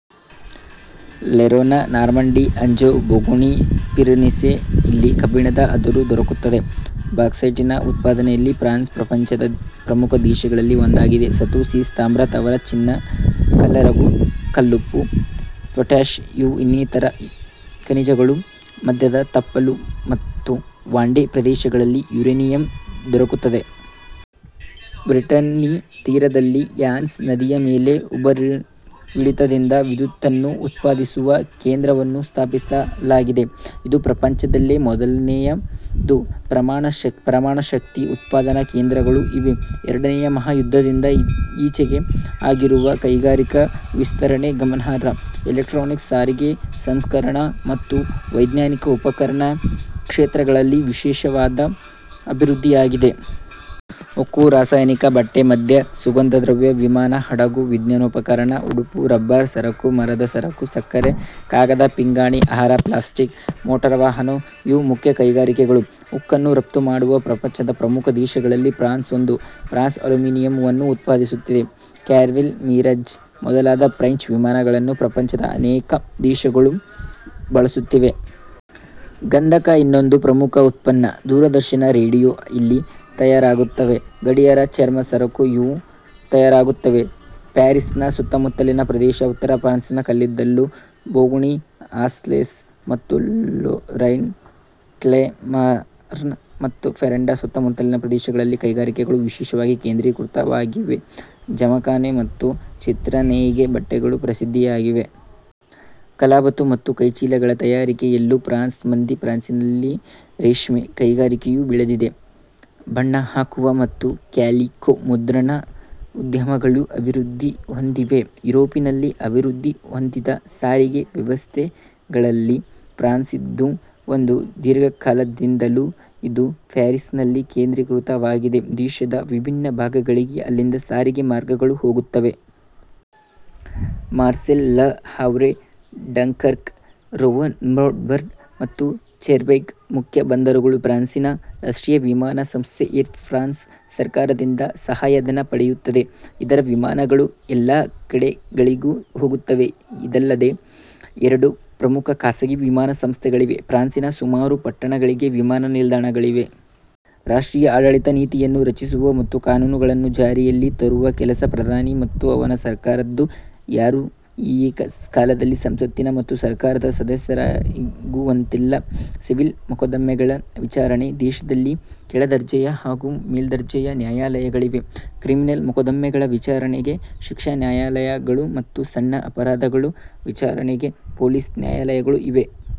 Lorraine, Normandy, Anjou ಬೋಗುಣಿ, Pyrenees ಇಲ್ಲಿ ಕಬ್ಬಿಣದ ಅದುರು ದೊರಕುತ್ತದೆ. ಬಾಕ್ಸೈಟಿನ ಉತ್ಪಾದನೆಯಲ್ಲಿ ಫ್ರಾನ್ಸ್ ಪ್ರಪಂಚದ ಪ್ರಮುಖ ದೇಶಗಳಲ್ಲಿ ಒಂದಾಗಿದೆ. ಸತು, ಸೀಸ, ತಾಮ್ರ, ತವರ, ಚಿನ್ನ, ಕಲ್ಲರಗು, ಕಲ್ಲುಪ್ಪು, ಪೊಟ್ಯಾಷ್ ಇವು ಇತರ ಖನಿಜಗಳು. ಮಧ್ಯದ ತಪ್ಪಲು ಮತ್ತು ವಾಂಡೇ ಪ್ರದೇಶಗಳಲ್ಲಿ ಯುರೇನಿಯಮ್ ದೊರಕುತ್ತದೆ. ಬ್ರಿಟನಿ ತೀರದಲ್ಲಿ ರ್ಯಾನ್ಸ್ ನದಿಯ ಮೇಲೆ ಉಬ್ಬರವಿಳಿತದಿಂದ ವಿದ್ಯುತ್ತನ್ನು ಉತ್ಪಾದಿಸುವ ಕೇಂದ್ರವನ್ನು ಸ್ಥಾಪಿಸಲಾಗಿದೆ. ಇದು ಪ್ರಪಂಚದಲ್ಲೇ ಮೊದಲನೆಯದು. ಪರಮಾಣುಶಕ್ತಿ ಉತ್ಪಾದನ ಕೇಂದ್ರಗಳೂ ಇವೆ. ಎರಡನೆಯ ಮಹಾ ಯುದ್ಧದಿಂದ ಈಚೆಗೆ ಆಗಿರುವ ಕೈಗಾರಿಕಾ ವಿಸ್ತರಣೆ ಗರ್ಮನಾರ್ಹ. ಎಲೆಕ್ಟ್ರಾನಿಕ್ಸ್, ಸಾರಿಗೆ, ಸಂಸ್ಕರಣ ಮತ್ತು ವೈಜ್ಞಾನಿಕ ಉಪಕರಣ ಕ್ಷೇತ್ರಗಳಲ್ಲಿ ವಿಶೇಷವಾದ ಅಭಿವೃದ್ಧಿಯಾಗಿದೆ. ಉಕ್ಕು, ರಸಾಯನಿಕ, ಬಟ್ಟೆ, ಮದ್ಯ ಸುಗಂಧದ್ರವ್ಯ, ವಿಮಾನ, ಹಡಗು, ವಿಜ್ಞಾನೋಪಕರಣ, ಉಡುಪು, ರಬ್ಬರ್ ಸರಕು, ಮರದ ಸರಕು, ಸಕ್ಕರೆ, ಕಾಗದ ಪಿಂಗಾಣಿ, ಆಹಾರ, ಪ್ಲಾಸ್ಟಿಕ್, ಮೋಟಾರುವಾಹನ ಇವು ಮುಖ್ಯ ಕೈಗಾರಿಕೆಗಳು. ಉಕ್ಕನ್ನು ರಫ್ತುಮಾಡುವ ಪ್ರಪಂಚದ ಪ್ರಮುಖ ದೇಶಗಳಲ್ಲಿ ಫ್ರಾನ್ಸ್ ಒಂದು. ಫ್ರಾನ್ಸ್ ಅಲ್ಯೂಮಿನಿಯಮನ್ನೂ ಉತ್ಪಾದಿಸುತ್ತಿದೆ. ಕ್ಯಾರವಿಲ್, ಮಿರಾಜ್ ಮೊದಲಾದ ಫ್ರೆಂಚ್ ವಿಮಾನಗಳನ್ನು ಪ್ರಪಂಚದ ಅನೇಕ ದೇಶಗಳು ಬಳಸುತ್ತಿವೆ. ಗಂಧಕ ಇನ್ನೊಂದು ಪ್ರಮುಖ ಉತ್ಪನ್ನ. ದೂರದರ್ಶನ, ರೇಡಿಯೋ ಇಲ್ಲಿ ತಯಾರಾಗುತ್ತವೆ. ಗಡಿಯಾರ, ಚರ್ಮ ಸರಕು ಇವೂ ತಯಾರಾಗುತ್ತವೆ. ಪ್ಯಾರಿಸಿನ ಸುತ್ತುಮುತ್ತಲಿನ ಪ್ರದೇಶ, ಉತ್ತರ ಫ್ರಾನ್ಸಿನ ಕಲ್ಲಿದ್ದಲು ಬೋಗುಣಿ ಆಲ್ಸೇಸ್ ಮತ್ತು ಲೊರೈನ್, ಕ್ಲೆರ್ಮಾನ್ ಮತ್ತು ಫೆರಾಂಡ್ ಸುತ್ತಮುತ್ತಲಿನ ಪ್ರದೇಶಗಳಲ್ಲಿ ಕೈಗಾರಿಕೆಗಳು ವಿಶೇಷವಾಗಿ ಕೇಂದ್ರೀಕೃತವಾಗಿವೆ. ಜಮಖಾನೆ ಮತ್ತು ಚಿತ್ರನೇಯ್ಗೆ ಬಟ್ಟೆಗಳೂ ಪ್ರಸಿದ್ಧವಾಗಿವೆ. ಕಲಾಬತು ಮತ್ತು ಕೈಚೀಲಗಳ ತಯಾರಿಕೆಯಲ್ಲೂ ಫ್ರಾನ್ಸ್ ಮುಂದಿದೆ. ಫ್ರಾನ್ಸಿನಲ್ಲಿ ರೇಷ್ಮೆ ಕೈಗಾರಿಕೆಯೂ ಬೆಳೆದಿದೆ. ಬಣ್ಣ ಹಾಕುವ ಮತ್ತು ಕ್ಯಾಲಿಕೊ ಮುದ್ರಣದ ಉದ್ಯಮಗಳು ಅಭಿವೃದ್ಧಿಹೊಂದಿವೆ. ಯುರೋಪಿನಲ್ಲಿ ಅಭಿವೃದ್ಧಿ ಹೊಂದಿದ ಸಾರಿಗೆ ವ್ಯವಸ್ಥೆಗಳಲ್ಲಿ ಫ್ರಾನ್ಸಿನದೂ ಒಂದು. ದೀರ್ಘಕಾಲದಿಂದಲೂ ಇದು ಫ್ಯಾರಿಸಿನಲ್ಲಿ ಕೇಂದ್ರೀಕೃತವಾಗಿದೆ. ದೇಶದ ವಿಭಿನ್ನ ಭಾಗಗಳಿಗೆ ಅಲ್ಲಿಂದ ಸಾರಿಗೆ ಮಾರ್ಗಗಳು ಹೋಗುತ್ತವೆ. ಮಾರ್ಸೇಲ್, ಲ ಹಾವ್ರೆ ಡಂಕರ್ಕ್, ರೂವೆನ್ಬೋರ್ಡೋ ಮತ್ತು ಚೆರ್ಬಗ್ ಮುಖ್ಯ ಬಂದರುಗಳು. ಫ್ರಾನ್ಸಿನ ರಾಷ್ಟ್ರೀಯ ವಿಮಾನ ಸಂಸ್ಥೆ ಏರ್ ಫ್ರಾನ್ಸ್ ಸರ್ಕಾರದಿಂದ ಸಹಾಯಧನ ಪಡೆಯುತ್ತದೆ. ಇದರ ವಿಮಾನಗಳು ಎಲ್ಲ ಕಡೆಗಳಿಗೂ ಹೋಗುತ್ತವೆ. ಇದಲ್ಲದೆ ಎರಡು ಪ್ರಮುಖ ಖಾಸಗಿ ವಿಮಾನ ಸಂಸ್ಥೆಗಳಿವೆ. ಫ್ರಾನ್ಸಿನ ಸುಮಾರು ಪಟ್ಟಣಗಳಿಗೆ ವಿಮಾನ ನಿಲ್ದಾಣಗಳಿವೆ. ರಾಪ್ಟ್ರೀಯ ಆಡಳಿತ ನೀತಿಯನ್ನು ರಚಿಸುವ ಮತ್ತು ಕಾನೂನುಗಳನ್ನು ಜಾರಿಯಲ್ಲಿ ತರುವ ಕೆಲಸ ಪ್ರಧಾನಿ ಮತ್ತು ಅವನ ಸರ್ಕಾರದ್ದು. ಯಾರು ಏಕ ಕಾಲದಲ್ಲಿ ಸಂಸತ್ತಿನ ಮತ್ತು ಸರ್ಕಾರದ ಸದಸ್ಯರಾಗುವಂತಿಲ್ಲ. ಸಿವಿಲ್ ಮೊಕದ್ದಮೆಗಳ ವಿಚಾರಣೆಗೆ ದೇಶದಲ್ಲಿ ಕೆಳದರ್ಜೆಯ ಹಾಗೂ ಮೇಲುದರ್ಜೆಯ ನ್ಯಾಯಾಲಯಗಳಿವೆ. ಕ್ರಿಮಿನಲ್ ಮೊಕದ್ದಮೆಗಳ ವಿಚಾರಣೆಗೆ ಶಿಕ್ಷಾ ನ್ಯಾಯಾಲಯಗಳು ಮತ್ತು ಸಣ್ಣ ಅಪರಾಧಗಳ ವಿಚಾರಣೆಗೆ ಪೊಲೀಸ್ ನ್ಯಾಯಾಲಯಗಳು ಇವೆ.